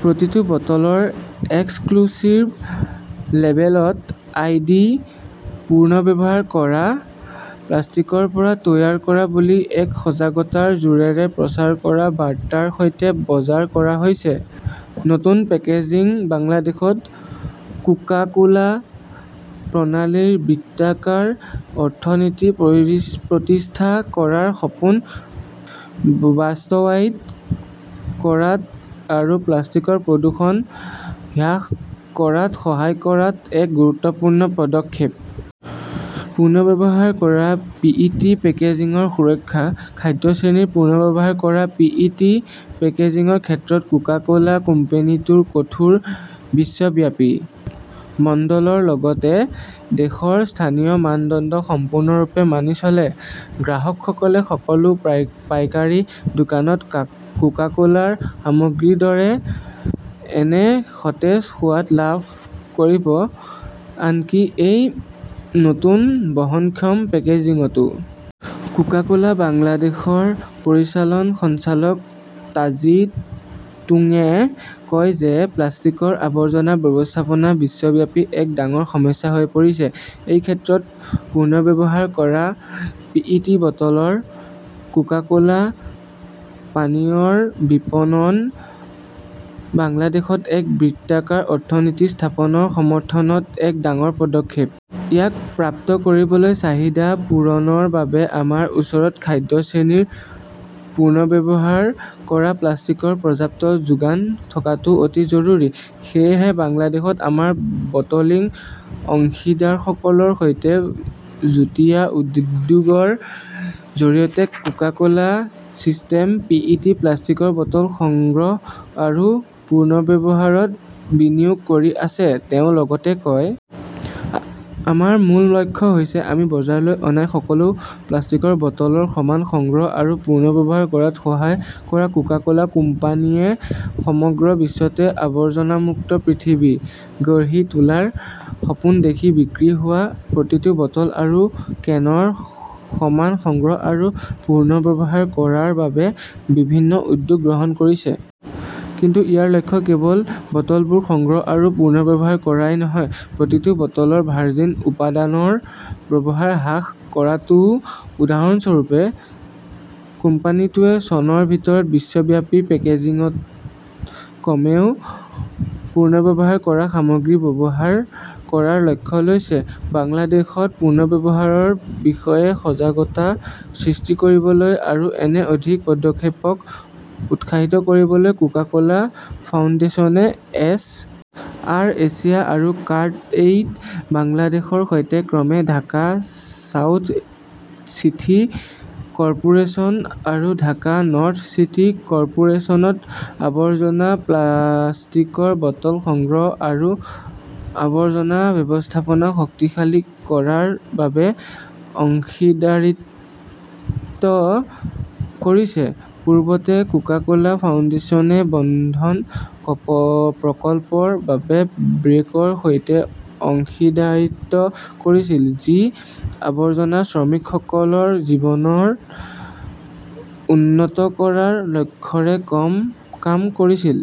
প্ৰতিটো বটলৰ এক্স্ক্লুসিভ্ লেবেলত আই. ডি. পুনৰ্ব্যৱহাৰ কৰা প্লাষ্টিকৰ পৰা তৈয়াৰ কৰা বুলি এক সজাগতাৰ জোৰেৰে প্ৰচাৰ কৰা বাৰ্তাৰ সৈতে বজাৰ কৰা হৈছে। নতুন পেকেজিং বাংলাদেশত কোকা-কোলা প্ৰণালীৰ বৃত্তাকাৰ অৰ্থনীতি প্ৰবিছ প্ৰতিষ্ঠা কৰাৰ সপোন বাস্তৱায়িত কৰাত আৰু প্লাষ্টিকৰ প্ৰদূষণ হ্ৰাস কৰাত সহায় কৰাত এক গুৰুত্বপূৰ্ণ পদক্ষেপ। পুনৰ্ব্যৱহাৰ কৰা পি. ই. টি. পেকেজিংৰ সুৰক্ষা, খাদ্য-শ্ৰেণীৰ পুনৰ্ব্যৱহাৰ কৰা পি. ই. টি. পেকেজিংৰ ক্ষেত্ৰত কোকা-কোলা কোম্পানীটোৰ কঠোৰ বিশ্বব্যাপী মনদণ্ডলৰ লগতে দেশৰ স্থানীয় মানদণ্ড সম্পূৰ্ণৰূপে মানি চলে। গ্ৰাহকসকলে সকলো পাইকাৰী দোকানত কোকা-কোলাৰ সামগ্ৰীৰ দৰে একে সতেজ সোৱাদ লাভ কৰিব, আনকি এই নতুন বহনক্ষম পেকেজিংতো। কোকা-কোলা বাংলাদেশৰ পৰিচালন সঞ্চালক টা জি টুংয়ে কয় যে, প্লাষ্টিকৰ আৱৰ্জনা ব্যৱস্থাপনা বিশ্বব্যাপী এক ডাঙৰ সমস্যা হৈ পৰিছে। এই ক্ষেত্ৰত পুনৰ্ব্যৱহাৰ কৰা পি. ই. টি. বটলৰ কোকা-কোলা পানীয়ৰ বিপণন বাংলাদেশত এক বৃত্তাকাৰ অৰ্থনীতি স্থাপনৰ সমৰ্থনত এক ডাঙৰ পদক্ষেপ। ইয়াক প্ৰাপ্ত কৰিবলৈ, চাহিদা পূৰণৰ বাবে আমাৰ ওচৰত খাদ্য-শ্ৰেণীৰ পুনৰ্ব্যৱহাৰ কৰা প্লাষ্টিকৰ পৰ্যাপ্ত যোগান থকাটো অতি জৰুৰী। সেয়েহে বাংলাদেশত আমাৰ বটলিং অংশীদাৰসকলৰ সৈতে যুটীয়া উদ উদ্যোগৰ জৰিয়তে Coca Cola system P. E. T. প্লাষ্টিকৰ বটল সংগ্ৰহ আৰু পুনৰ্ব্যৱহাৰত বিনিয়োগ কৰি আছে, তেওঁ লগতে কয়। আমাৰ মূল লক্ষ্য হৈছে আমি বজাৰলৈ অনা সকলো প্লাষ্টিকৰ বটলৰ সমান সংগ্ৰহ আৰু পুনৰ্ব্যৱহাৰ কৰাত সহায় কৰা কোকা-কোলা কোম্পানীয়ে সমগ্ৰ বিশ্বতে 'আৱৰ্জনামুক্ত পৃথিৱী' গঢ়ি তোলাৰ সপোন দেখি বিক্ৰী হোৱা প্ৰতিটো বটল আৰু কেনৰ সমান সংগ্ৰহ আৰু পুনৰ্ব্যৱহাৰ কৰাৰ বাবে বিভিন্ন উদ্যোগ গ্ৰহণ কৰিছে। কিন্তু ইয়াৰ লক্ষ্য কেৱল বটলবোৰ সংগ্ৰহ আৰু পুনৰ্ব্যৱহাৰ কৰাই নহয়, প্ৰতিটো বটলত ভাৰ্জিন উপাদানৰ ব্যৱহাৰ হ্ৰাস কৰাটোও। উদাহৰণস্বৰূপে, কোম্পানীটোৱে চনৰ ভিতৰত বিশ্বব্যাপী পেকেজিংত কমেও পুনৰ্ব্যৱহাৰ কৰা সামগ্ৰী ব্যৱহাৰ কৰাৰ লক্ষ্য লৈছে। বাংলাদেশত পুনৰ্ব্যৱহাৰৰ বিষয়ে সজাগতা সৃষ্টি কৰিবলৈ আৰু এনে অধিক পদক্ষেপক উৎসাহিত কৰিবলৈ কোকা-কোলা ফাউণ্ডেশ্যনে এছ. আৰ. এছিয়া আৰু কৰ্ডএইড বাংলাদেশৰ সৈতে ক্ৰমে ঢাকা চাউথ চিটি কৰ্পোৰেচন আৰু ঢাকা নৰ্থ চিটি কৰ্পোৰেছনত আৱৰ্জনা প্লাষ্টিকৰ বটল সংগ্ৰহ আৰু আৱৰ্জনা ব্যৱস্থাপনা শক্তিশালী কৰাৰ বাবে অংশীদাৰীত্ব কৰিছে। পূৰ্বতে, কোকা-কোলা ফাউণ্ডেশ্যনে বন্ধন প্ৰকল্পৰ বাবে ব্ৰেকৰ সৈতে অংশীদাৰীত্ব কৰিছিল, যি আৱৰ্জনা শ্ৰমিকসকলৰ জীৱন উন্নত কৰাৰ লক্ষ্যৰে কাম কৰিছিল।